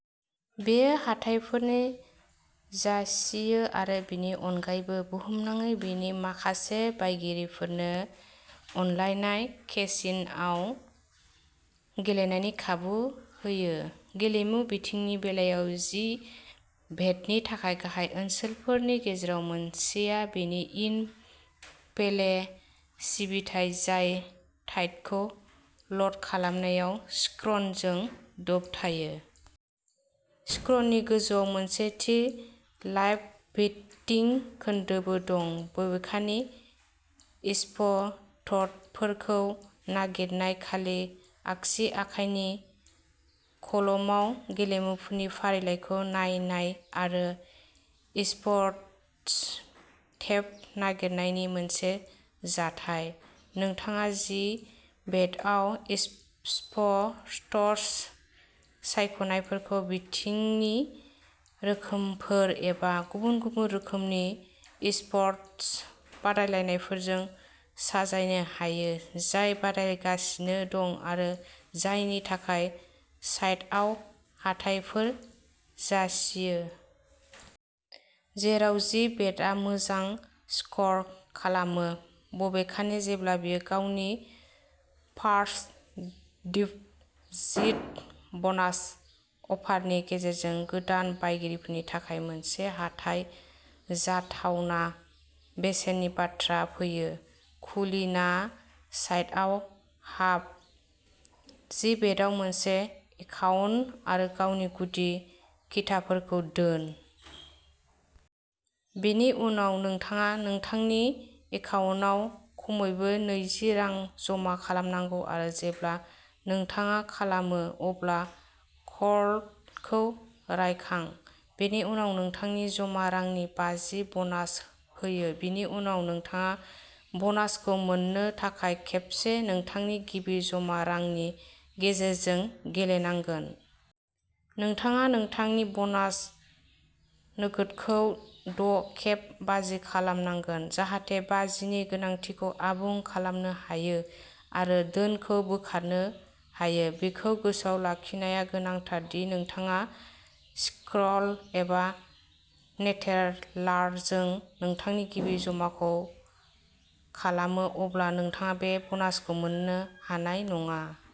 बेयो हाथाइफोरनि जासियो आरो बेनि अनगायैबो, बुहुमनाङै बेनि माखासे बायगिरिफोरनो अनलाइन केसिन’आव गेलेनायनि खाबु होयो। गेलेमु बेटिंनि बेलायाव जि बेटनि थाखाय गाहाय ओनसोलफोरनि गेजेराव मोनसेआ बेनि इन फेले सिबिथाइ, जाय साइटखौ ल'ड खालामनायाव स्क्रिनजों दबथायो। स्क्रिननि गोजौआव मोनसे थि लाइभ बेटिं खोन्दोबो दं। बबेखानि, इस्प'र्टफोरखौ नागिरनाया खालि आगसि आखाइनि कलमाव गेलेमुफोरनि फारिलाइखौ नायनाय आरो इस्प'र्टस टेब नागिरनायनि मोनसे जाथाय। नोंथाङा जि बेटआव इस्प'र्टस सायख'नायफोरखौ बेटिंनि रोखोमफोर एबा गुबुन गुबुन रोखोमनि इस्प'र्टस बादायलायनायफोरजों साजायनो हायो जाय बादायजागासिनो दं आरो जायनि थाखाय साइटआव हाथाइफोर जासियो। जेराव जि बेटआ मोजां स्क'र खालामो, बबेखानि जेब्ला बेयो गावनि फार्स्ट डिप'जिट बनास अफारनि गेजेरजों गोदान बायगिरिफोरनि थाखाय मोननो हाथाय जाथावना बेसेननि बाथ्रा फैयो। खुलिना साइटआव हाब। जि बेटआव मोनसे एकाउन्ट आरो गावनि गुदि खिथाफोरखौ दोन। बेनि उनाव नोंथाङा नोंथांनि एकाउन्टआव खमैबो नैजि रां जमा खालामनांगौ आरो जेब्ला नोंथाङा खालामो, अब्ला क'ड खौ रायखां। बेनि उनाव नोंथांनि जमा रांनि बाजि बनास होयो। बेनि उनाव नोंथाङा बनासखौ मोननो थाखाय खेबसे नोंथांनि गिबि जमा रांनि गेजेरजों गेलेनांगोन। नोंथाङा नोंथांनि बनास नोगोदखौ द' खेब बाजि खालामनांगोन जाहाथे बाजिनि गोनांथिखौ आबुं खालामनो हायो आरो धोनखौ बोखारनो हायो। बेखौ गोसोआव लाखिनाया गोनांथार दि नोंथाङा स्क्रल एबा नेटेरलारजों नोंथांनि गिबि जमाखौ खालामो, अब्ला नोंथाङा बे बनासखौ मोननो हानाय नङा।